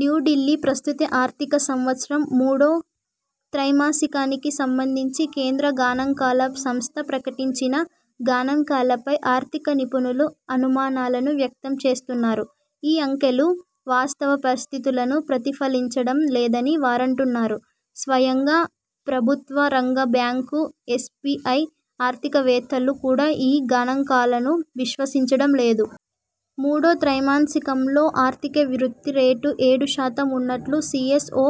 న్యూఢిల్లీ ప్రస్తుత ఆర్థిక సంవత్సరం మూడో త్రైమాసికానికి సంబంధించి కేంద్ర గణాంకాల సంస్థ ప్రకటించిన గణాంకాలపై ఆర్థిక నిపుణులు అనుమానాలు వ్యక్తం చేస్తున్నారు. ఈ అంకెలు వాస్తవ పరిస్థితులను ప్రతిఫలించడం లేదని వారంటున్నారు. స్వయంగా ప్రభుత్వ రంగ బ్యాంకు ఎస్బిఐ ఆర్థికవేత్తలు కూడా ఈ గణాంకాలను విశ్వసించడం లేదు. మూడో త్రైమాసికంలో ఆర్థిక వృద్ధి రేటు ఏడు శాతం ఉన్నట్టు సి ఎస్ ఒ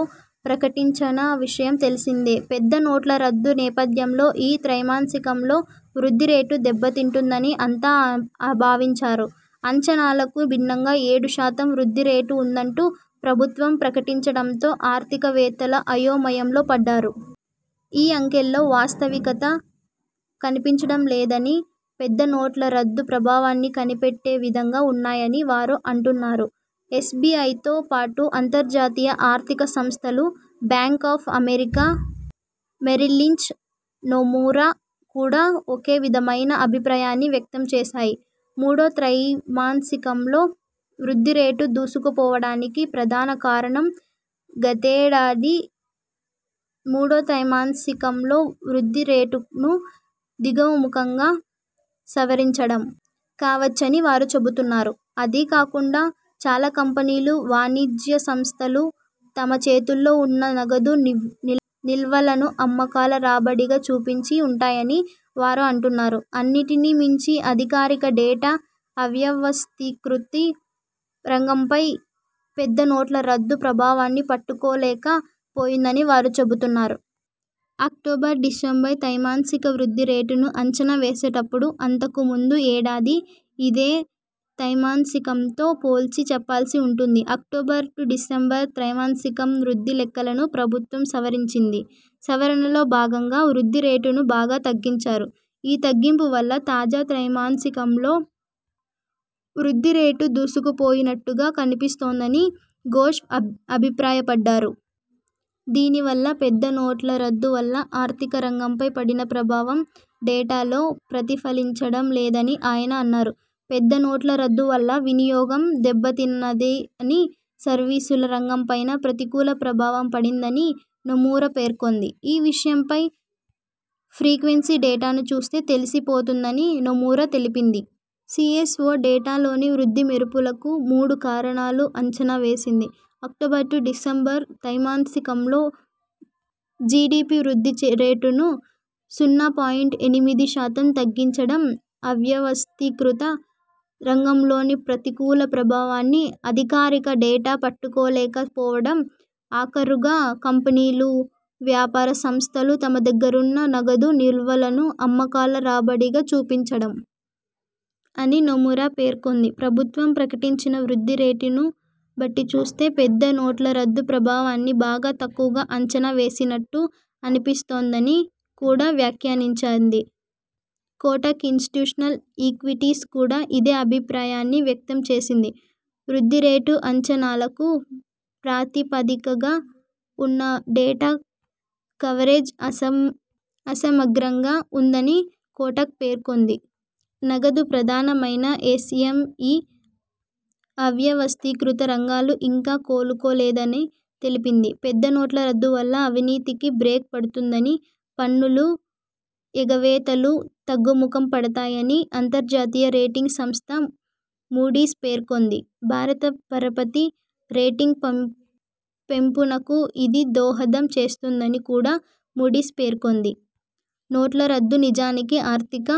ప్రకటించిన విషయం తెలిసిందే. పెద్ద నోట్ల రద్దు నేపథ్యంలో ఈ త్రైమాసికంలో వృద్ధి రేటు దెబ్బతింటుందని అంతా భావించారు. అంచనాలకు భిన్నంగా ఏడు శాతం వృద్ధి రేటు ఉందంటూ ప్రభుత్వం ప్రకటించడంతో ఆర్థికవేత్తలు అయోమయంలో పడ్డారు. ఈ అంకెల్లో వాస్తవికత కనిపించడంలేదని, పెద్ద నోట్ల రద్దు ప్రభావాన్ని కప్పిపెట్టే విధంగా ఉన్నాయని వారు అంటున్నారు. ఎస్బిఐతో పాటు అంతర్జాతీయ ఆర్థిక సంస్థలు Bank of America Merrill Lynch, Nomura కూడా ఒకే విధమైన అభిప్రాయాన్ని వ్యక్తం చేశాయి. మూడో త్రైమాసికంలో వృద్ధి రేటు దూసుకుపోవడానికి ప్రధాన కారణం, గతేడాది మూడో త్రైమాసికంలో వృద్ధి రేటును దిగువముఖంగా సవరించడం.. కావచ్చని వారు చెబుతున్నారు. అదీకాకుండా చాలా కంపెనీలు, వాణిజ్య సంస్థలు తమ చేతుల్లో ఉన్న నగదు నిల్వలను అమ్మకాల రాబడిగా చూపించి ఉంటాయని వారు అంటున్నారు. అన్నింటినీ మించి అధికారిక డేటా, అవ్యవస్థీకృతి రంగంపై పెద్ద నోట్ల రద్దు ప్రభావాన్ని పట్టుకోలేక పోయిందని వారు చెబుతున్నారు. అక్టోబర్-డిసెంబర్ త్రైమాసికం వృద్ధి రేటును అంచనా వేసేప్పుడు అంతకు ముందు ఏడాది ఇదే త్రైమాసికంతో పోల్చి చెప్పాల్సి ఉం టుంది. అక్టోబర్-డిసెంబర్ త్రైమాసికం వృద్ధి లెక్కలను ప్రభుత్వం సవరించింది. సవరణలో భాగం గా వృద్ధి రేటును బాగా తగ్గించారు. ఈ తగ్గింపు వల్ల తాజా త్రైమాసికంలో వృద్ధి రేటు దూసుకుపోయినట్టుగా కనిపిస్తోందని ఘోష్ అభ్ అభిప్రాయపడ్డారు. దీనివల్ల పెద్ద నోట్ల రద్దు వల్ల ఆర్థిక రంగంపై పడిన ప్రభావం డేటా లో ప్రతిఫలించడం లేదని ఆయన అన్నారు. పెద్ద నోట్ల రద్దు వల్ల వినియోగం దెబ్బతిన్నదని, సర్వీసుల రంగం పైనా ప్రతికూల ప్రభావం పడిందని నొమురా పేర్కొంది. ఈ విషయం హై ఫ్రీక్వెన్సీ డేటాను చూస్తే తెలిసిపోతుందని నొమురా తెలిపింది. సిఎ్సఒ డేటాలోని వృద్ధి మెరుపులకు మూడు కారణాలను అంచనా వేసింది. అక్టోబర్-డిసెంబర్ త్రైమాసికంలో జిడిపి వృద్ధి రేటును సున్నా పాయింట్ ఎనిమిది శాతం తగ్గించడం, అవ్యవస్థీకృత రంగంలోని ప్రతికూల ప్రభావాన్ని అధికారిక డేటా పట్టుకోలేక పోవడం ఆఖరుగా కంపెనీలు, వ్యాపార సంస్థలు తమ దగ్గరున్న నగదు నిల్వలను అమ్మకాల రాబడిగా చూపించడం.. అని నొమురా పేర్కొంది. ప్రభుత్వం ప్రకటించిన వృద్ధి రేటును బట్టిచూస్తే, పెద్ద నోట్ల రద్దు ప్రభావాన్ని బాగా తక్కువగా అంచనా వేసినట్టు అనిపిస్తోందని కూడా వ్యాఖ్యానించింది. కోటక్ ఇనిస్టిట్యూషనల్ ఈక్విటీస్ కూడా ఇదే అభిప్రాయాన్ని వ్యక్తం చేసింది. వృద్ధి రేటు అంచనాలకు ప్రాతిపదికగా ఉన్న డేటా కవరేజ్ అసమగ్రంగా ఉందని కోటక్ పేర్కొంది. నగదు ప్రధానమైన ఎస్ ఎం ఇ, అవ్యవస్థీకృత రంగాలు ఇంకా కోలుకోలేదని తెలిపింది. పెద్ద నోట్ల రద్దు వల్ల అవినీతికి బ్రేక్ పడుతుందని, పన్నుల ఎగవేతలు తగ్గుముఖం పడతాయని అంతర్జాతీయ రేటింగ్ సంస్ధ మూడీస్ పేర్కొంది. భారత పరపతి రేటింగ్ పమ్ పెంపునకు ఇది దోహదం చేస్తుందని కూడా మూడీస్ పేర్కొంది. నోట్ల రద్దు నిజానికి ఆర్థిక